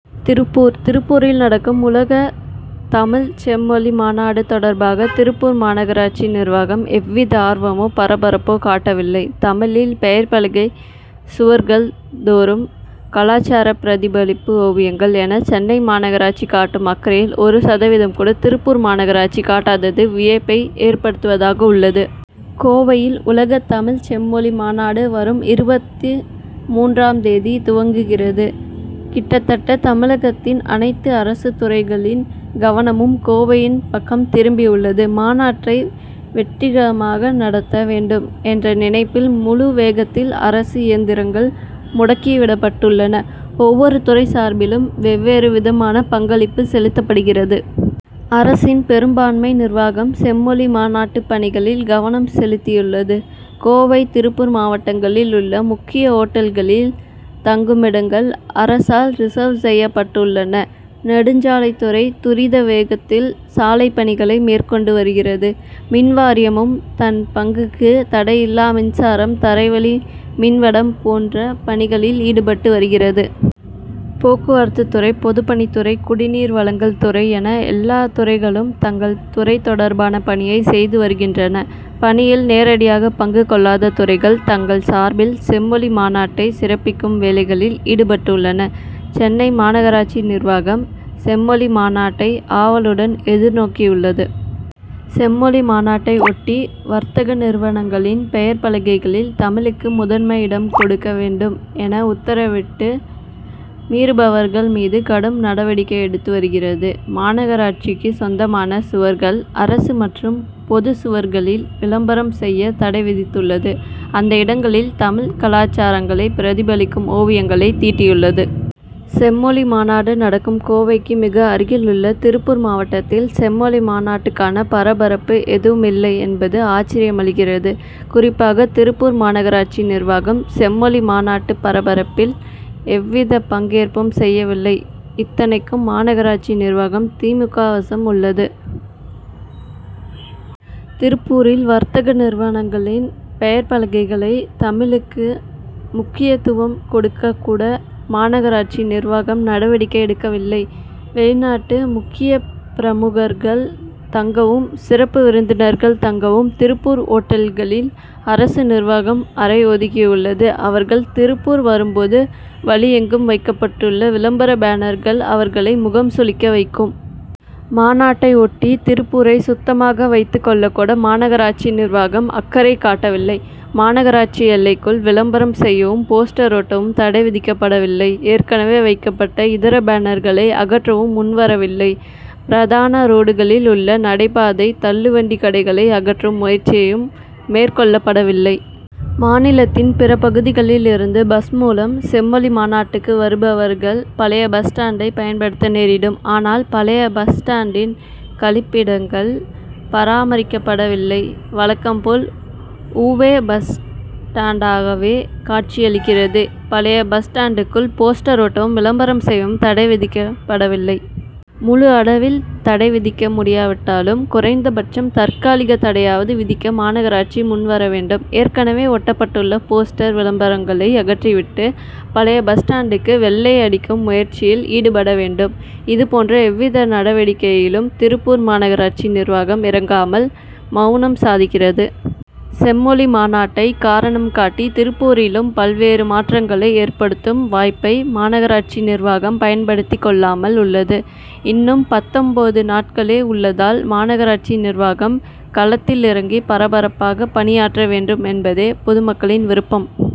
திருப்பூர் திருப்பூரில் நடக்கும் உலகத் தமிழ்ச் செம்மொழி மாநாடு தொடர்பாக திருப்பூர் மாநகராட்சி நிர்வாகம் எவ்வித ஆர்வ மோ பரபரப்போ காட்டவில்லை. தமிழில் பெயர்ப்பலகை சுவர்கள் தோறும் கலாச்சார பிரதிபலிப்பு ஓவியங்கள் என சென்னை மாநகராட்சி காட்டும் அக்கறையில் ஒரு சதவீதம் கூட திருப்பூர் மாநகராட்சி காட்டாதது வியப்பை ஏற்படுத்துவதாக உள்ளது. கோவையில் உலகத் தமிழ்ச் செம்மொழி மாநாடு வரும் இருபத்து மூன்றாம் தேதி துவங்குகிறது. கிட்டத்தட்ட தமிழகத்தின் அனைத்து அரசுத்துறைகளின் கவனமும் கோவையின் பக்கம் திரும்பி உள்ளது. மாநாட்டை வெற்றிகரமாக நடத்த வேண்டும் என்ற நினைப்பில் முழு வேகத்தில் அரசு இயந்திரங்கள் முடுக்கி விடப்பட்டுள்ளன. ஒவ்வொரு துறை சார்பிலும் வெவ்வேறு விதமாக பங்களிப்பு செலுத்தப்படுகிறது. அரசின் பெரும்பான்மை நிர்வாகம் செம்மொழி மாநாட்டு பணிகளில் கவனம் செலுத்தியுள்ளது. கோவை திருப்பூர் மாவட்டங்களில் உள்ள முக்கிய ஓட்டல்களில் தங்குமிடங்கள் அரசால் ரிசர்வ் செய்யப்பட்டுள்ளன. நெடுஞ்சாலைத்துறை துரித வேகத்தில் சாலைப்பணிகளை மேற்கொண்டு வருகிறது. மின்வாரியமும் தன் பங்குக்கு தடையில்லா மின்சாரம் தரைவழி மின்வடம் போன்ற பணிகளில் ஈடுபட்டு வருகிறது. போக்குவரத்துத்துறை பொதுப்பணித்துறை குடிநீர் வழங்கல் துறை என எல்லாத்துறைகளும் தங்கள் துறை தொடர்பான பணியை செய்து வருகின்றன. பணியில் நேரடியாக பங்கு கொள்ளாத துறைகள் தங்கள் சார்பில் செம்மொழி மாநாட்டை சிறப்பிக்கும் வேலைகளில் ஈடுபட்டுள்ளன. சென்னை மாநகராட்சி நிர்வாகம் செம் மொழி மாநாட்டை ஆவலுடன் எதிர்நோக்கியுள்ளது. செம்மொழி மாநாட்டை ஒட்டி வர்த்தக நிறுவனங்களின் பெயர்ப்பலகைகளில் தமிழுக்கு முதன்மை இடம் கொடுக்க வேண்டும் என உத்தரவிட்டு மீறுபவர்கள் மீது கடும் நடவடிக்கை எடுத்து வருகிறது. மாநகராட்சிக்கு சொந்தமான சுவர்கள் அரசு மற்றும் பொது சுவர்களில் விளம்பரம் செய்ய தடை விதித்துள்ளது. அந்த இடங்களில் தமிழ் கலாச்சாரங்களை பிரதிபலிக்கும் ஓவியங்களை தீட்டியுள்ளது. செம்மொழி மாநாடு நடக்கும் கோவைக்கு மிக அருகில் உள்ள திருப்பூர் மாவட்டத்தில் செம்மொழி மாநாட்டுக்கான பரபரப்பு எதுவும் இல்லை என்பது ஆச்சரியமளிக்கிறது. குறிப்பாக திருப்பூர் மாநகராட்சி நிர்வாகம் செம்மொழி மாநாட்டு பரபரப்பில் எவ்வித பங்கேற்பும் செய்யவில்லை. இத்தனைக்கும் மாநகராட்சி நிர்வாகம் தி. மு. க. வசம் உள்ளது. திருப்பூரில் வர்த்தக நிறுவனங்களின் பெயர்ப்பலகைகளை தமிழுக்கு முக்கியத்துவம் கொடுக்கக்கூட மாநகராட்சி நிர்வாகம் நடவடிக்கை எடுக்கவில்லை. வெளிநாட்டு முக்கியப்பிரமுகர்கள் தங்கவும் சிறப்பு விருந்தினர்கள் தங்கவும் திருப்பூர் ஓட்டல்களில் அரசு நிர்வாகம் அறை ஒதுக்கியுள்ளது. அவர்கள் திருப்பூர் வரும்போது வழியெங்கும் வைக்கப்பட்டுள்ள விளம்பர பேனர்கள் அவர்களை முகம் சுழிக்க வைக் கும். மாநாட்டை ஒட்டி திருப்பூரை சுத்தமாக வைத்துக் கொள்ளக்கூட மாநகராட்சி நிர்வாகம் அக்கறை காட்டவில்லை. மாநகராட்சி எல்லைக்குள் விளம்பரம் செய்யவும் போஸ்டர் ஒட்டவும் தடை விதிக்கப்பட வில்லை. ஏற்கனவே வைக்கப்பட்ட இதர பேனர்களை அகற்றவும் முன்வரவில்லை. பிரதான ரோடுகளில் உள்ள நடைபாதை தள்ளுவண்டி கடைகளை அகற்றும் முயற்சியும் மேற்கொள்ளப்பட வில்லை. மாநிலத்தின் பிற பகுதிகளில் இருந்து பஸ் மூலம் செம்மொழி மாநாட்டுக்கு வருபவர்கள் பழைய பஸ் ஸ்டாண்டை பயன்படுத்த நேரிடும். ஆனால் பழைய பஸ் ஸ்டாண்டின் கழிப்பிடங்கள் பராமரிக்கப்பட வில்லை. வழக்கம்போல் உவ்வே பஸ் ஸ்டாண்டாகவே காட்சியளிக்கிறது. பழைய பஸ் ஸ்டாண்டுக்குள் போஸ்டர் ஒட்டவும் விளம்பரம் செய்யவும் தடை விதிக்கப்பட வில்லை. முழு அளவில் தடை விதிக்க முடியாவிட்டாலும் குறைந்தபட்சம் தற்காலிக தடையாவது விதிக்க மாநகராட்சி முன்வர வேண்டும். ஏற்கனவே ஒட்டப்பட்டுள்ள போஸ்டர் விளம்பரங்களை அகற்றி விட்டு பழைய பஸ் ஸ்டாண்டுக்கு வெள்ளை அடிக்கும் முயற்சியில் ஈடுபட வேண்டும். இதுபோன்ற எவ்வித நடவடிக்கையிலும் திருப்பூர் மாநகராட்சி நிர்வாகம் இறங்காமல் மவுனம் சாதிக்கிறது. செம்மொழி மாநாட்டை காரணம் காட்டி திருப்பூரிலும் பல்வேறு மாற்றங்களை ஏற்படுத்தும் வாய்ப்பை மாநகராட்சி நிர்வாகம் பயன்படுத்திக் கொள்ளாமல் உள்ளது. இன்னும் பத்தொன்பது நாட்களே உள்ளதால் மாநகராட்சி நிர்வாகம் களத்தில் இறங்கி பரபரப்பாக பணியாற்ற வேண்டுமென்பதே பொதுமக்களின் விருப்பம்.